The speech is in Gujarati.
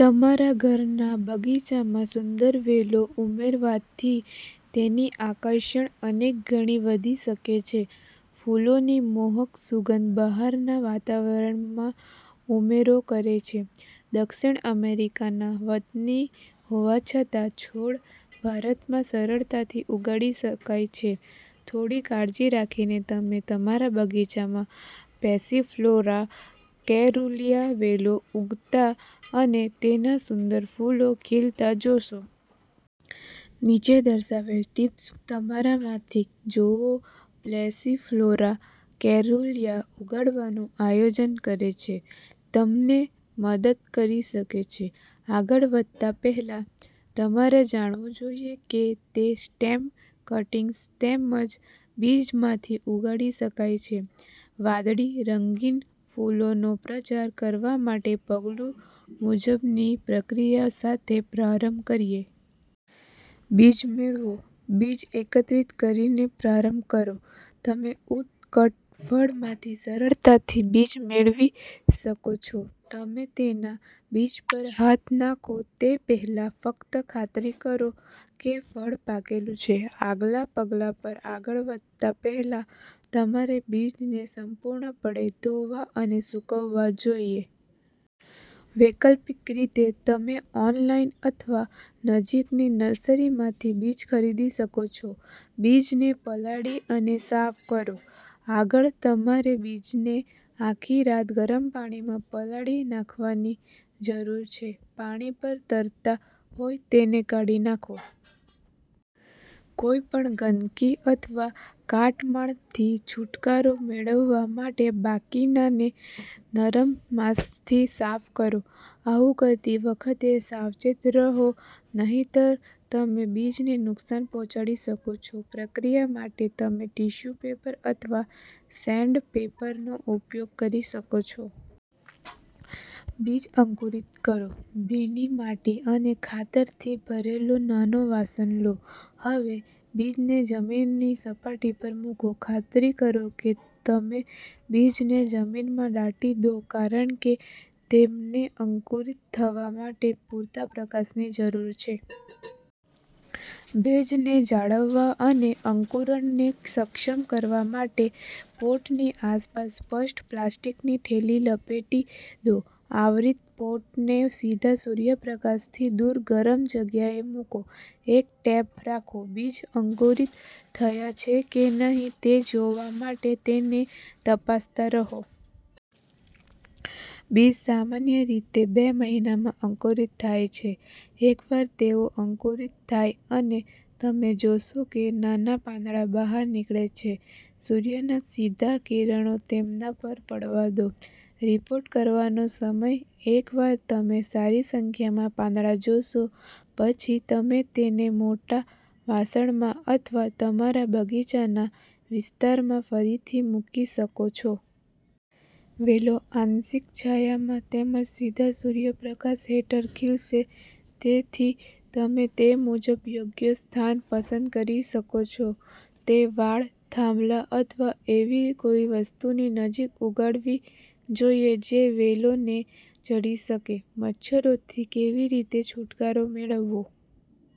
તમારા ઘરના બગીચામાં સુંદર વેલો ઉમેરવાથી તેની આકર્ષણ અનેક ગણી વધી શકે છે. ફૂલની મોહક સુગંધ બહારના વાતાવરણમાં ઉમેરો કરે છે. દક્ષિણ અમેરિકાના વતની હોવા છતાં, છોડ ભારતમાં સરળતાથી ઉગાડી શકાય છે. થોડી કાળજી રાખીને તમે તમારા બગીચામાં પેસિફ્લોરા કેરુલીઆ વેલો ઉગતા અને તેના સુંદર ફૂલો ખીલતા જોશો. નીચે દર્શાવેલ ટિપ્સ તમારામાંથી જેઓ પેસિફ્લોરા કેરુલીયા ઉગાડવાનું આયોજન કરે છે તેમને મદદ કરી શકે છે. આગળ વધતા પહેલા, તમારે જાણવું જોઈએ કે તે સ્ટેમ કટીંગ્સ તેમજ બીજમાંથી ઉગાડી શકાય છે. વાદળી-રંગીન ફૂલનો પ્રચાર કરવા માટે પગલું મુજબની પ્રક્રિયા સાથે પ્રારંભ કરીએ. બીજ મેળવો, બીજ એકત્રિત કરીને પ્રારંભ કરો. તમે ઉત્કટ ફળમાંથી સરળતાથી બીજ મેળવી શકો છો. તમે તેના બીજ પર હાથ નાખો તે પહેલાં ફક્ત ખાતરી કરો કે ફળ પાકેલું છે. આગલા પગલા પર આગળ વધતા પહેલા તમારે બીજને સંપૂર્ણપણે ધોવા અને સૂકવવા જોઈએ. વૈકલ્પિક રીતે, તમે ઓનલાઈન અથવા નજીકની નર્સરીમાંથી બીજ ખરીદી શકો છો. બીજને પલાળી અને સાફ કરો. આગળ, તમારે બીજને આખી રાત ગરમ પાણીમાં પલાળી રાખવાની જરૂર છે. પાણી પર તરતા હોય તેને કાઢી નાખો. કોઈ પણ ગંદકી અથવા કાટમાળથી છુટકારો મેળવવા માટે બાકીનાને નરમાશથી સાફ કરો. આવું કરતી વખતે સાવચેત રહો નહીંતર તમે બીજને નુકસાન પહોંચાડી શકો છો. પ્રક્રિયા માટે તમે ટીશ્યુ પેપર અથવા સેન્ડપેપરનો ઉપયોગ કરી શકો છો. બીજ અંકુરિત કરો, ભીની માટી અને ખાતરથી ભરેલો નાનો વાસણ લો. હવે, બીજને જમીનની સપાટી પર મૂકો. ખાતરી કરો કે તમે બીજને જમીનમાં દાટી દો કારણ કે તેમને અંકુરિત થવા માટે પૂરતા પ્રકાશની જરૂર છે. ભેજને જાળવવા અને અંકુરણને સક્ષમ કરવા માટે પોટની આસપાસ સ્પષ્ટ પ્લાસ્ટિકની થેલી લપેટી દો. આવરિત પોટને સીધા સૂર્યપ્રકાશથી દૂર ગરમ જગ્યાએ મૂકો. એક ટેબ રાખો. બીજ અંકુરિત થયા છે કે નહીં તે જોવા માટે તેને તપાસતા રહો. બીજ સામાન્ય રીતે બે મહિનામાં અંકુરિત થાય છે. એકવાર તેઓ અંકુરિત થાય અને તમે જોશો કે નાના પાંદડા બહાર નીકળે છે. સૂર્યના સીધા કિરણો તેમના પર પડવા દો. રીપોટ કરવાનો સમય એકવાર તમે સારી સંખ્યામાં પાંદડા જોશો, પછી તમે તેને મોટા વાસણમાં અથવા તમારા બગીચાના વિસ્તારમાં ફરીથી મૂકી શકો છો. વેલો આંશિક છાયામાં તેમજ સીધા સૂર્યપ્રકાશ હેઠળ ખીલશે. તેથી, તમે તે મુજબ યોગ્ય સ્થાન પસંદ કરી શકો છો. તે વાડ, થાંભલા અથવા એવી કોઈ વસ્તુની નજીક ઉગાડવી જોઈએ જે વેલોને ચઢી શકે. મચ્છરોથી કેવી રીતે છુટકારો મેળવવો?